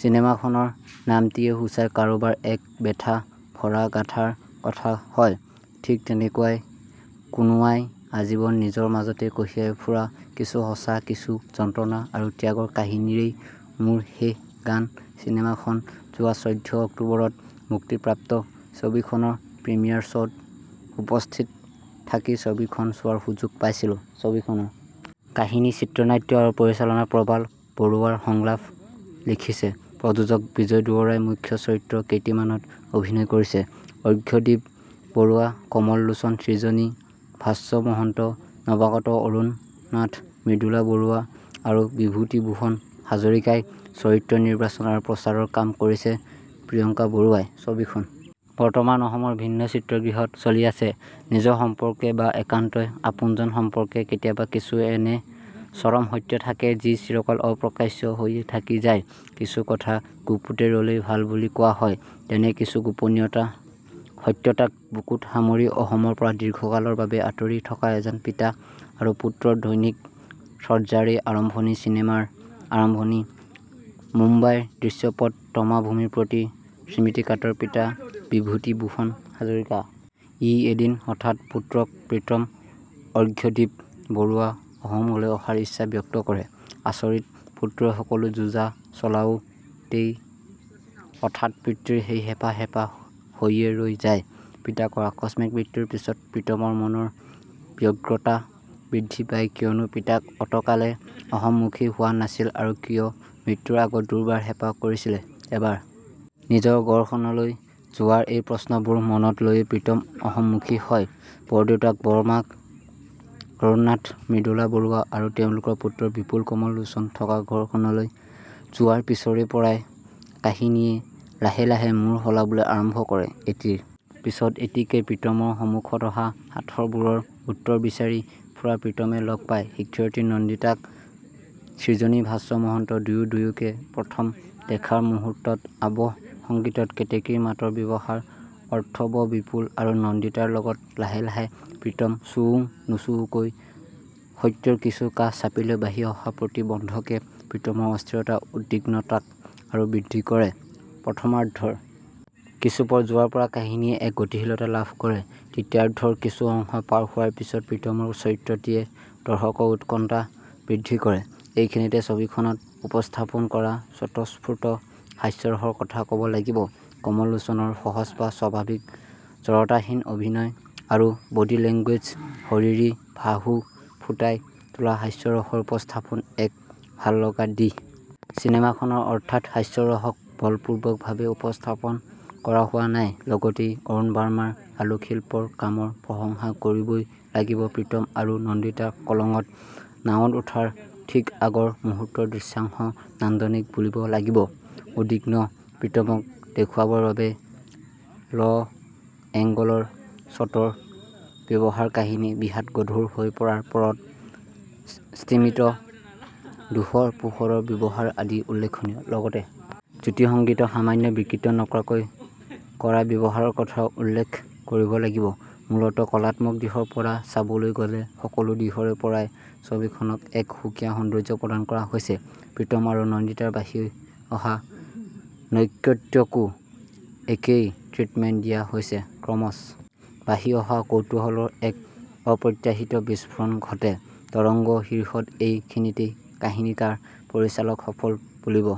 চিনেমাখনৰ নামটিয়েই সূচায় কাৰোবাৰ এক বেথা ভৰা গাঁথাৰ কথা হয়। ঠিক তেনেকুৱাই কোনোৱাই আজীৱন নিজৰ মাজতেই কঢ়িয়াই ফুৰা কিছু সঁচা কিছু যন্ত্ৰণা আৰু ত্যাগৰ কাহিনীৰেই মোৰ শেষ গান চিনেমাখন যোৱা চৈধ্য অক্টোবৰত মুক্তি প্ৰাপ্ত ছবিখনৰ প্ৰিমিয়াৰ শ্বত উপস্থিত থাকি ছবিখন চোৱাৰ সুযোগ পাইছিলো। ছবিখনৰ কাহিনী চিত্ৰনাট্য আৰু পৰিচালনা প্ৰবাল বৰুৱাৰ সংলাপ লিখিছে। প্ৰযোজক বিজয় দুৱৰাই মূখ্য চৰিত্ৰ কেইটিমানত অভিনয় কৰিছে ।অৰ্ঘ্যদ্বীপ বৰুৱা কমল লোচন সৃজনী ভাস্ব মহন্ত নৱাগত অৰুণ নাথ মৃদুলা বৰুৱা আৰু বিভূতি ভূষণ হাজৰিকাই চৰিত্ৰ নিৰ্বাচন আৰু প্ৰচাৰৰ কাম কৰিছেপ্ৰিয়ংকা বৰুৱাই ।ছবিখন বৰ্তমান অসমৰ ভিন্ন চিত্ৰগৃহত চলি আছে। নিজৰ সম্পৰ্কে বা একান্তই আপোনজন সম্পৰ্কে কেতিয়াবা কিছু এনে চৰম সত্য থাকে যি চিৰকাল অপ্ৰকাশ্য হৈয়েই থাকি যায়। কিছু কথা গুপুতে ৰলেই ভাল বুলি কোৱা হয়। তেনে কিছু গুপনীয়তা সত্যতাক বুকুত সামৰি অসমৰ পৰা দীৰ্ঘকালৰ বাবে আতৰি থকা এজন পিতা আৰু পুত্ৰৰ দৈনিক চৰ্যাৰেই আৰম্ভণি চিনেমাৰ আৰম্ভণি মুম্বাইৰ দৃশ্যপট তমা ভূমিৰ প্ৰতি স্মৃতিকাতৰ পিতা বিভূতি ভূষণ হাজৰিকা। ই এদিন হঠাত পুত্ৰক প্ৰীতম অৰ্ঘ্যদ্বীপ বৰুৱা অসমলৈ অহাৰ ইচ্ছা ব্যক্ত কৰে। আচৰিত পুত্ৰই সকলো যোজা চলাও তেই হঠাত পিতৃৰ সেই হেপাঁহ হেপাঁহ হৈয়েই ৰৈ যায়। পিতাকৰ আকস্মিক মৃত্যুৰ পিছত প্ৰীতমৰ মনৰ ব্যগ্ৰতা বৃদ্ধি পাই কিয়নো পিতাক অতকালে অসমমুখী হোৱা নাছিল আৰু কিয় মৃত্যুৰ আগত দুৰ্বাৰ হেপাঁহ কৰিছিলে ।এবাৰ নিজৰ ঘৰখনলৈ যোৱাৰ এই প্ৰশ্নবোৰ মনত লৈয়েই প্ৰীতম অসম মুখী হয়। বৰদেউতাক বৰ্মাক অৰুণ নাথ মৃদুলা বৰুৱা আৰু তেওঁলোকৰ পুত্ৰ বিপুল কমল লোচন থকা ঘৰখনলৈ যোৱাৰ পিছৰে পৰাই কাহিনীয়ে লাহে - লাহে মূৰ সলাবলৈ আৰম্ভ কৰে। এটিৰ পিছত এটিকে প্ৰীতমৰ সমুখত অহা সাঁথৰবোৰৰ উত্তৰ বিচাৰি ফুৰা প্ৰীতমে লগ পাই ।শিক্ষয়িত্ৰী নন্দিতাক সৃজনী ভাস্ব মহন্ত দুয়ো দুয়োকে প্ৰথম দেখাৰ মূহুৰ্তত আৱহ সংগীতত কেতেকীৰ মাতৰ ব্যৱহাৰ অৰ্থৱহবিপুল আৰু নন্দিতাৰ লগত লাহে -লাহে প্ৰীতম চুও নুচুওকৈ সত্যৰ কিছু কাষ চাপিলেও বাঢ়ি অহা প্ৰতি বন্ধকে প্ৰীতমৰ অস্থিৰতা উদ্বিগ্নতাক আৰু বৃদ্ধি কৰে। প্ৰথমাৰ্দ্ধৰ কিছুপৰ যোৱাৰ পৰা কাহিনীয়ে এক গতিশীলতা লাভ কৰে। দ্বিতীয়াৰ্দ্ধৰ কিছু অংশ পাৰ হোৱাৰ পিছত প্ৰীতমৰ চৰিত্ৰটিয়ে দৰ্শকৰ উৎকন্ঠা বৃদ্ধি কৰে ।এইখিনিতে ছবিখনত উপস্থাপন কৰা স্বতঃস্ফূৰ্ত হাস্যৰসৰ কথা ক'ব লাগিল। কমল লোচনৰ সহজ বা স্বাভাৱিক জড়তাহীন অভিনয় আৰু বডী লেংগুৱেজ শৰীৰী ভাষাে ফুঁটাই তোলা হাস্যৰসৰ উপস্থাপন এক ভাল লগা দিশ। চিনেমা খনৰ অৰ্থাৎ হাস্যৰসক বলপূৰ্বক ভাৱে উপস্থাপন কৰা হোৱা নাই। লগতেই অৰুণ বাৰ্মাৰ আলোক শিল্পৰ কামৰ প্ৰশংসা কৰিবই লাগিব প্ৰীতম আৰু নন্দিতা কলঙত নাৱত উঠাৰ ঠিক আগৰ মুহুৰ্তৰ দৃশ্যাংশ নান্দনিক বুলিব লাগিব। উদ্বিগ্ন প্ৰীতমক দেখোৱাবৰ বাবে লএংগলৰ শ্বটৰ ব্যৱহাৰ কাহিনী বিষাদগধুৰ হৈ পৰাৰ পৰত স্তিমিত ধূঃসৰ পোহৰৰ ব্যৱহাৰ আদি উল্লেখনীয়। লগতে জ্যোতি সংগীতক সামান্য বিকৃত নকৰাকৈ কৰা ব্যৱহাৰৰ কথাও উল্লেখ কৰিব লাগিব ।মূলতঃ কলাত্মক দিশৰ পৰা চাবলৈ গ'লে সকলো দিশৰে পৰাই ছবি খনক এক সুকীয়া সৌন্দৰ্য প্ৰদান কৰা হৈছে ।প্ৰীতম আৰু নন্দিতাৰ বাঢ়ি অহা নৈকট্যকো একেই ট্ৰিটমেন্ট দিয়া হৈছে। ক্ৰমশঃ বাঢ়ি অহা কৌতূহলৰ এক অপ্ৰত্যাশিত বিস্ফোৰণ ঘটে, তৰংগ শীৰ্ষত এই খিনিতেই কাহিনীকাৰ পৰিচালক সফল বুলিব।